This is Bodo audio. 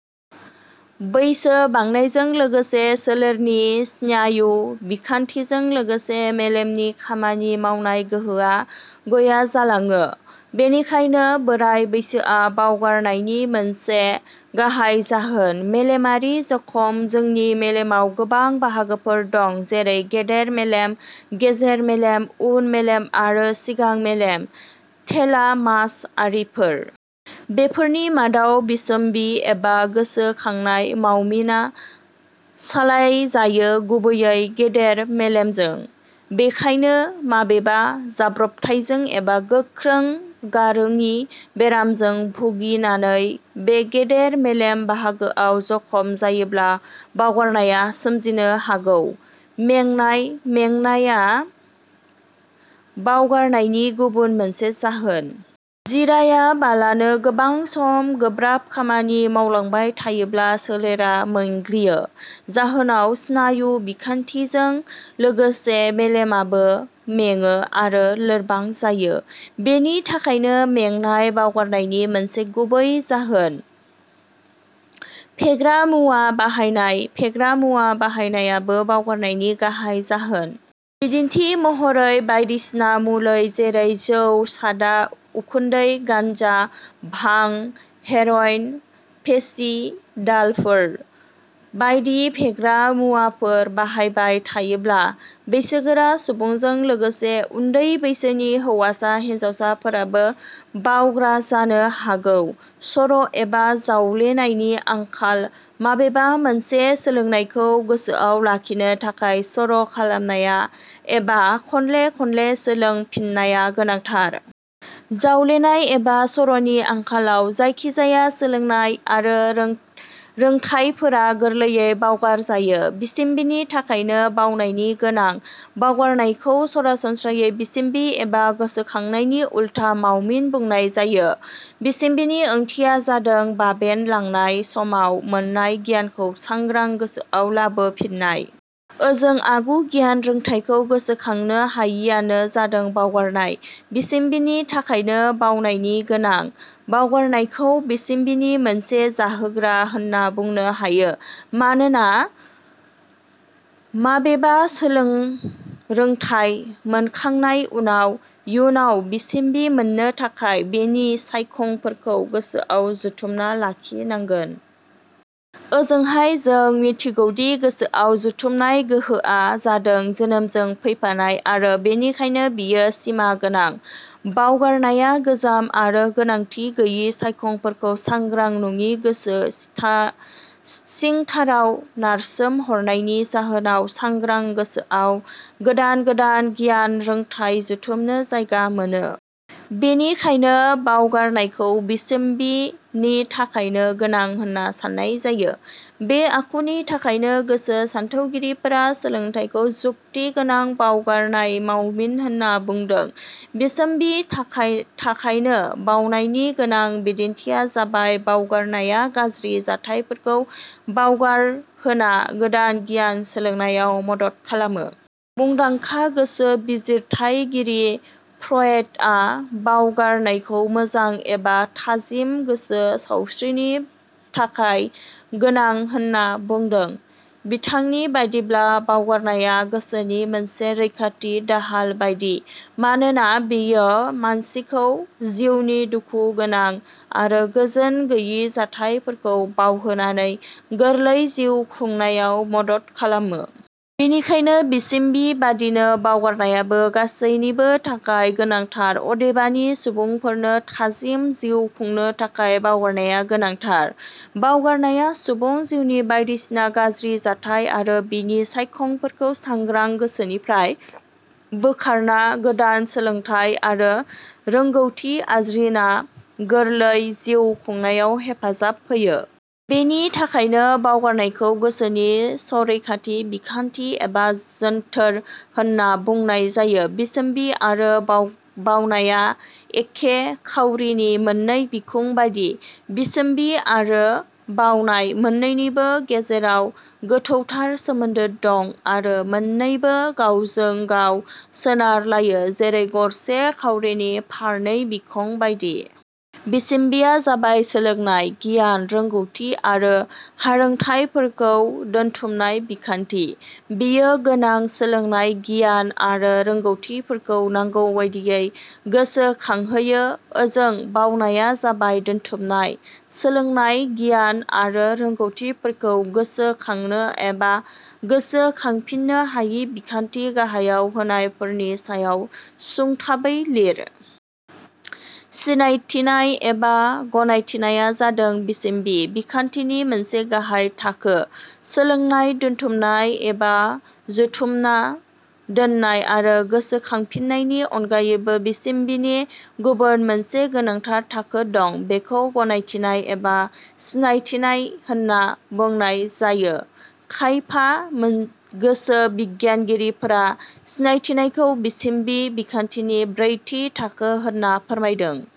बैसो बांनायजों लोगोसे सोलेरनि स्नायु बिखान्थिजों लोगोसे मेलेमनि खामानि मावनाय गोहोआ गया जालाङो। बेनिखायनो बोराइ बैसोआ बावगारनायनि मोनसे गाहाइ जाहोन। मेलेमारि जखम: जोंनि मेलेमाव गोबां बाहागोफोर दं जरै- गेदेर मेलेम, गेजेर मेलेम, उन मेलेम आरो सिगां मेलेम, थेलामास आरिफोर। बेफोरनि मादाव बिसम्बि एबा गोसो खांनाय मावमिना सालायजायो गुबैयै गेदेर मेलेमजों। बेखायनो माबेबा जाब्रबथाइजों एबा गोख्रों गारोङि बेरामजों भुगिनानै बे गेदेर मेलेम बाहागोआव जखम जायोब्ला बावगारनाया सोमजिनो हागौ। मेंनाय: मेंनाया बावगारनायनि गुबुन मोनसे जाहोन। जिरायाबालानो गोबां सम गोब्राब खामानि मावलांबाय थायोब्ला सोलेरा मेंग्लियो। जाहोनाव स्नायु बिखान्थि जों लोगोसे मेलेमाबो मेङो आरो लोरबां जायो। बेनि थाखायनो मेंनाय बावगारनायनि मोनसे गुबै जाहोन। फेग्रा मुवा बाहायनाय: फेग्रा मुवा बाहायनायाबो बावगारनायनि गाहाइ जाहोन। बिदिन्थि महरै, बायदिसिना मुलै जेरै जौ, सादा, उखुन्दै, गान्जा भां, हेर'इन, फेसिदालफोर बायदि फेग्रा मुवाफोर बाहायबाय थायोब्ला बैसोगोरा सुबुंजों लोगोसे उन्दै बैसोनि हौवासा हिनजावसाफोराबो बावग्रा जानो हागौ। सर' एबा जावलेनायनि आंखाल; माबेबा मोनसे सोलोंनायखौ गोसोआव लाखिनो थाखाय सर' खालामनाया एबा खनले खनले सोलों फिननाया गोनांथार। जावलेनाय एबा सर'नि आंखालाव जायखिजाया सोलोंनाय आरो रोंथाइफोरा गोरलैयै बावगार जायो। बिसम्बिनि थाखायनो बावनायनि गोनां। बावगारनायखौ सरासनस्रायै बिसम्बि एबा गोसोखांनायनि उल्था मावमिन बुंनाय जायो। बिसम्बिनि ओंथिया जादों बाबेन लांनाय समाव मोननाय गियानखौ सांग्रां गोसोआव लाबो फिननाय। ओजों आगु गियान रोंथाइखौ गोसोखांनो हायियानो जादों बावगारनाय। बिसम्बिनि थाखायनो बावनायनि गोनां। बावगारनायखौ बिसम्बिनि मोनसे जाहोग्रा होनना बुंनो हायो। मानोना माबेबा सोलोंरोंथाइ मोनखांनाय उनाव इयुनाव बिसम्बि मोननो थाखाय बेनि सायखंफोरखौ गोसोआव जुथुमना लाखिनांगोन। ओंजोंहाय जों मिथिगौदि गोसोआव जुथुमनाय गोहोआ जादों जोनोमजों फैफानाय आरो बेनिखायनो बेयो सिमा गोनां। बावगारनाया गोजाम आरो गोनांथि गैयि सायखंफोरखौ सांग्रां नङि गोसो सिंथाराव नारसोमहरनायनि जाहोनाव सांग्रां गोसोआव गोदान गोदान गियान रोंथाइ जुथुमनो जायगा मोनो। बेनिखायनो बावगारनायखौ बिसम्बिनि थाखायनो गोनां होनना साननाय जायो। बे आखुनि थाखायनो गोसो सानथौगिरिफोरा सोलोंथाइखौ जुक्ति गोनां बावगारनाय मावमिन होनना बुंदों। बिसम्बनि थाखायनो बावनायनि गोनां, बिदिन्थिया जाबायः बावगारनाया गाज्रि जाथाइफोरखौ बावगारहोना गोदान गियान सोलोंनायाव मदद खालामो। मुंदांखा गोसो बिजिरथाइगिरि फ्रयेदआ बावगारनायखौ मोजां एबा थाजिम गोसो सावस्रिनि थाखाय गोनां होनना बुंदों। बिथांनि बादिब्ला बावगारनाया गोसोनि मोनसे रैखाथि दाहाल बादि। मानोना बेयो मानसिखौ जिउनि दुखुगोनां आरो गोजोन गैयि जाथाइफोरखौ बावहोनानै गोरलै जिउ खुंनायाव मदद खालामो। बेनिखायनो बिसम्बि बादिनो बावगारनायाबो गासैनिबो थोखाय गोनांथार अदेबानि सुबुंफोरनो थाजिम जिउ खुंनो थाखाय बावगारनाया गोनांथार। बावगारनाया सुबुं जिउनि बायदिसिना गाज्रि जाथाइ आरो बेनि सायखंफोरखौ सांग्रां गोसोनिफ्राय बोखारना गोदान सोलोंथाइ आरो रोंगौथि आरजिना गोरलै जिउ खुंनायाव हेफाजाब होयो। बेनि थाखायनो बावगारनायखौ गोसोनि सरैखाथि बिखान्थि एबा जोन्थोर होनना बुंनाय जायो।: बिसम्बि आरो बावनाया एखे खाउरिनि मोननै बिखुं बादिः बिसम्बि आरो बावनाय मोननैनिबो गेजेराव गोथौथार सोमोन्दो दं आरो मोननैबो गावजों गाव सोनार लायो जेरै गरसे खाउरिनि फारनै बिखं बादि। बिसम्बिया जाबाय सोलोंनाय, गियान, रोंगौथि आरो हारोंथाइफोरखौ दोनथुमनाय बिखान्थि। बेयो गोनां सोलोंनाय, गियान आरो रोंगौथिफोरखौ नांगौबादियै गोसोखांहोयो। ओजों, बावनाया जाबाय दोनथुमनाय सोलोंनाय, गियान आरो रोंगौथिफोरखौ गोसो खांनो एबा गोसो खांफिननो हायि बिखान्थि। गाहायाव होनायफोरनि सायाव सुंथाबै लिर। सिनायथिनाय एबा गनायथिनाया जादों बिसम्बि बिखान्थिनि मोनसे गाहाइ थाखो। सोलोंनाय दोनथुमनाय एबा जुथुमना दोननाय आरो गोसोखांफिननायनि अनगायैबो बिसम्बिनि गुबुन मोनसे गोनांथार थाखो दं बेखौ गनायथिनाय एबा सिनायथिनाय होनना बुंनाय जायो। खायफा गोसो बिगियानगिरिफोरा सिनायथिनायखौ बिसम्बि बिखान्थिनि ब्रैथि थाखो होनना फोरमायदों।